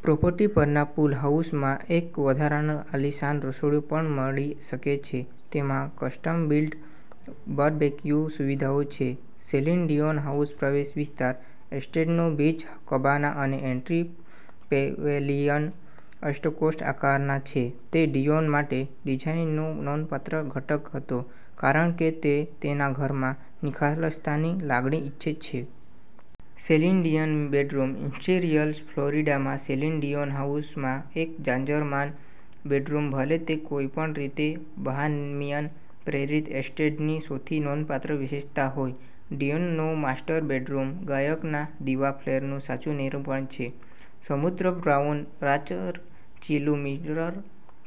Property પરના pool હાઉસમાં એક વધારાનું આલીશાન રસોડું પણ મળી શકે છે. તેમાં કસ્ટમ-બિલ્ટ બરબેકયુ સુવિધાઓ છે. સેલિન ડીયોન હાઉસ પ્રવેશ વિસ્તાર. એસ્ટેટનો બીચ કબાના અને એન્ટ્રી પેવેલિયન અષ્ટકોણ આકારના છે. તે ડીયોન માટે ડિઝાઇનનો નોંધપાત્ર ઘટક હતો, કારણ કે તે તેના ઘરમાં નિખાલસતાની લાગણી ઇચ્છે છે. Celine Dion bedroom interiors. ફ્લોરિડામાં સેલિન ડીયોન હાઉસમાં એક જાજરમાન બેડરૂમ. ભલે તે કોઈ પણ રીતે બહામિયન-પ્રેરિત એસ્ટેટની સૌથી નોંધપાત્ર વિશેષતા હોય, ડીયોનનો માસ્ટર બેડરૂમ ગાયકના "દિવા" ફ્લેરનું સાચું નિરૂપણ છે. સમૃદ્ધ બ્રાઉન રાચરચીલું, મિરર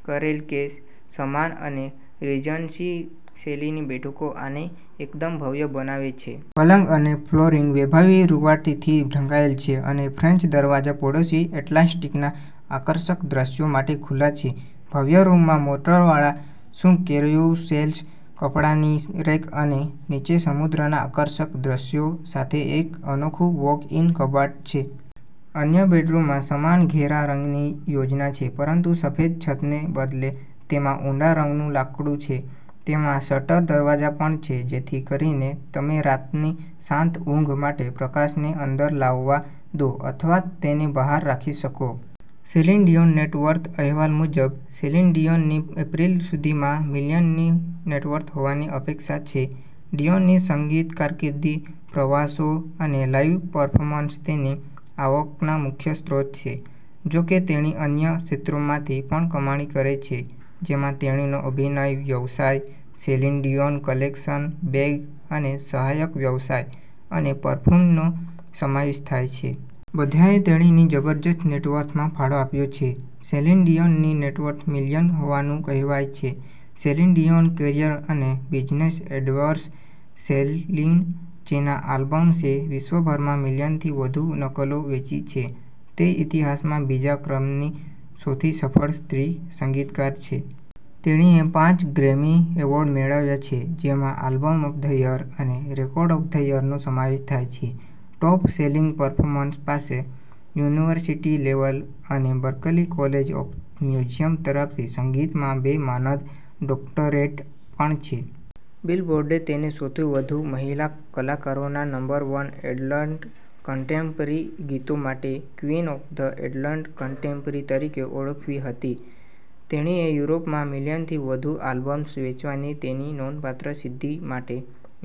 કરેલ કેસ સામાન અને રીજન્સી-શૈલીની બેઠકો આને એકદમ ભવ્ય બનાવે છે. પલંગ અને ફ્લોરિંગ વૈભવી રુવાંટીથી ઢંકાયેલ છે, અને ફ્રેન્ચ દરવાજા પડોશી એટલાન્ટિકના આકર્ષક દૃશ્યો માટે ખુલ્લા છે. ભવ્ય રૂમમાં મોટરવાળા શૂ કેરોયુસેલ્સ, કપડાની રેક અને નીચે સમુદ્રના આકર્ષક દૃશ્યો સાથે એક અનોખું વૉક-ઇન કબાટ છે. અન્ય બેડરૂમમાં સમાન ઘેરા રંગની યોજના છે, પરંતુ સફેદ છતને બદલે, તેમાં ઊંડા રંગનું લાકડું છે. તેમાં શટર દરવાજા પણ છે જેથી કરીને તમે રાતની શાંત ઊંઘ માટે પ્રકાશને અંદર આવવા દો અથવા તેને બહાર રાખી શકો. Celine Dion net worth. અહેવાલ મુજબ, સેલિન ડીયોનની એપ્રિલ સુધીમાં મિલિયનની નેટવર્થ હોવાની અપેક્ષા છે. ડીયોનની સંગીત કારકિર્દી, પ્રવાસો અને લાઇવ પર્ફોર્મન્સ તેની આવકના મુખ્ય સ્ત્રોત છે. જો કે, તેણી અન્ય ક્ષેત્રોમાંથી પણ કમાણી કરે છે, જેમાં તેણીનો અભિનય વ્યવસાય, સેલિન ડીયોન કલેક્શન, બેગ અને સહાયક વ્યવસાય અને પરફ્યુમનો સમાવેશ થાય છે. બધાએ તેણીની જબરદસ્ત નેટવર્થમાં ફાળો આપ્યો છે. સેલિન ડીયોનની નેટવર્થ મિલિયન હોવાનું કહેવાય છે. સેલિન ડીયોન કેરિયર અને બિઝનેસ એન્ડેવર્સ. સેલિન, જેના આલ્બમ્સે વિશ્વભરમાં મિલિયનથી વધુ નકલો વેચી છે, તે ઇતિહાસમાં બીજા ક્રમની સૌથી સફળ સ્ત્રી સંગીતકાર છે. તેણીએ પાંચ ગ્રેમી એવોર્ડ મેળવ્યા છે, જેમાં આલ્બમ ઓફ ધ યર અને રેકોર્ડ ઓફ ધ યરનો સમાવેશ થાય છે. ટોપ-સેલિંગ પરફોર્મર પાસે યુનિવર્સિટી લેવલ અને બર્કલી કોલેજ ઓફ મ્યુઝિક તરફથી સંગીતમાં બે માનદ ડોક્ટરેટ પણ છે. બિલબોર્ડે તેને સૌથી વધુ મહિલા કલાકારોના નંબર-વન એડલ્ટ કન્ટેમ્પરરી ગીતો માટે "ક્વીન ઓફ એડલ્ટ કન્ટેમ્પરરી" તરીકે ઓળખાવી હતી. તેણીએ યુરોપમાં મિલિયનથી વધુ આલ્બમ્સ વેચવાની તેની નોંધપાત્ર સિદ્ધિ માટે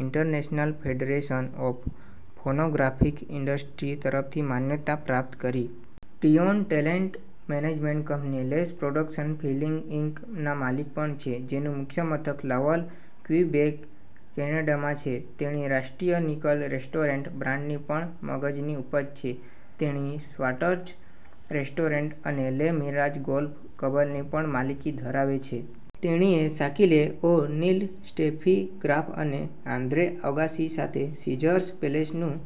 International Federation of Phonographic Industry તરફથી માન્યતા પ્રાપ્ત કરી. Dion talent management company Les Productions Feeling Inc. ના માલિક પણ છે, જેનું મુખ્ય મથક લાવલ, ક્વિબેક, કેનેડામાં છે. તેણી રાષ્ટ્રીય નિકલ રેસ્ટોરન્ટ બ્રાન્ડની પણ મગજની ઉપજ છે. તેણી શ્વાર્ટઝ રેસ્ટોરન્ટ અને લે મિરાજ ગોલ્ફ ક્લબની પણ માલિકી ધરાવે છે. તેણીએ શાકિલે ઓ'નીલ, સ્ટેફી ગ્રાફ અને આન્દ્રે અગાસી સાથે સીઝર્સ પેલેસનું